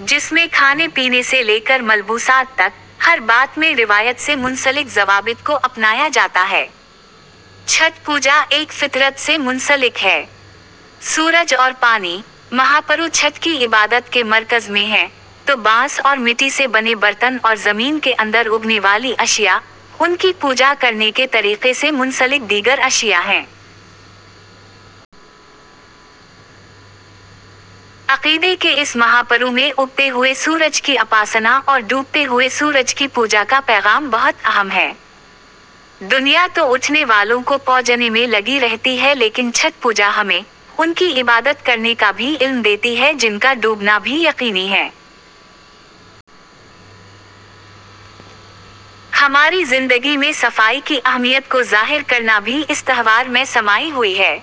جس میں کھانے پینے سے لے کر ملبوسات تک ، ہر بات میں روایت سے منسلک ضوابط کو اپنایا جاتا ہے۔ چھٹ پوجا ایک فطرت سے منسلک ہے۔ سورج اور پانی، مہاپرو چھٹ کی عبادت کے مرکز میں ہیں، تو بانس اور مٹی سے بنے برتن اور زمین کے اندر اگنے والی اشیاء، ان کی پوجا کرنے کے طریقے سے منسلک دیگر اشیاء ہیں۔ عقیدے کے اس مہاپرو میں اگتے ہوئے سورج کی اپاسنا اور ڈوبتے ہوئے سورج کی پوجا کا پیغام بہت اہم ہے۔ دنیا تو اٹھنے والوں کو پوجنے میں لگی رہتی ہے لیکن چھٹ پوجا ہمیں، ان کی عبادت کرنے کا بھی علم دیتی ہے جن کا ڈوبنا بھی یقینی ہے۔ ہماری زندگی میں صفائی کی اہمیت کو ظاہر کرنا بھی اس تہوار میں سمائی ہوئی ہے۔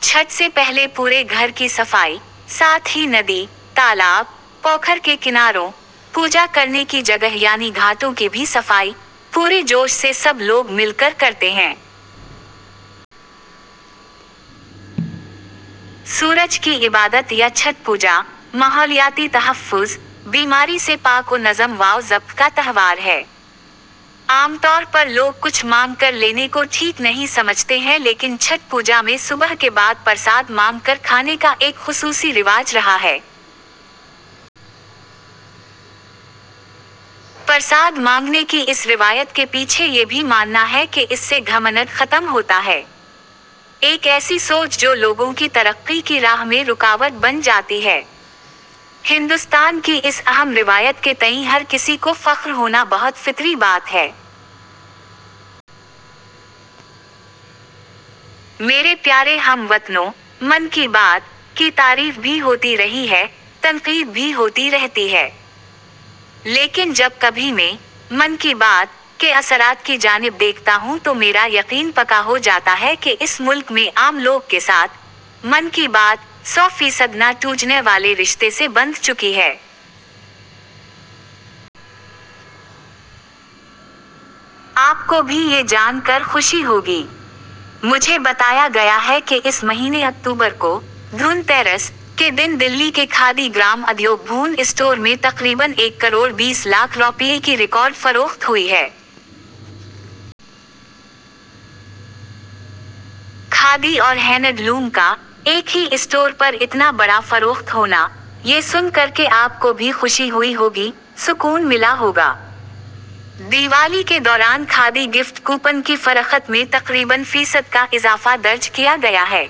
چھٹ سے پہلے پورے گھر کی صفائی، ساتھ ہی ندی، تالاب، پوکھر کے کناروں، پوجا کرنے کی جگہ یعنی گھاٹوں کی بھی صفائی ، پورے جوش سے سب لوگ مل کر کرتے ہیں۔ سورج کی عبادت یا چھٹ پوجا، ماحولیاتی تحفظ، بیماری سے پاک و نظم و ضبط کا تہوار ہے۔ عام طور پر لوگ کچھ مانگ کر لینے کو ٹھیک نہیں سمجھتے ہیں لیکن چھٹ پوجا میں صبح کے بعد پرساد مانگ کر کھانے کا ایک خصوصی رواج رہا ہے۔ پرساد مانگنے کی اس روایت کے پیچھے یہ بھی ماننا ہے کہ اس سے گھمنڈ ختم ہوتا ہے۔ ایک ایسی سوچ جو لوگوں کی ترقی کی راہ میں رکاوٹ بن جاتی ہے۔ ہندوستان کی اس اہم روایت کے تئیں ہر کسی کو فخر ہونا بہت فطری بات ہے۔ میرے پیارے ہم وطنوں، 'من کی بات' کی تعریف بھی ہوتی رہی ہے، تنقید بھی ہوتی رہتی ہے۔ لیکن جب کبھی میں 'من کی بات' کے اثرات کی جانب دیکھتا ہوں تو میرا یقین پکا ہو جاتا ہے کہ اس ملک میں عام لوگ کے ساتھ 'من کی بات' سو فیصد نہ ٹوٹنے والے رشتے سے بندھ چکی ہے۔ آپ کو بھی یہ جان کر خوشی ہوگی۔ مجھے بتایا گیا ہے کہ اس مہینے اکتوبر کو 'دھن تیرس' کے دن دلی کے کھادی گرام ادیوگ بھون اسٹور میں تقریباً ایک کروڑ بیس لاکھ روپیے کی ریکارڈ فروخت ہوئی ہے۔ کھادی اور ہینڈ لوم کا، ایک ہی اسٹور پر اتنا بڑا فروخت ہونا، یہ سن کر کے آپ کو بھی خوشی ہوئی ہوگی، سکون ملا ہوگا۔ دیوالی کے دوران کھادی گفٹ کوپن کی فرخت میں تقریباً فیصد کا اضافہ درج کیا گیا ہے۔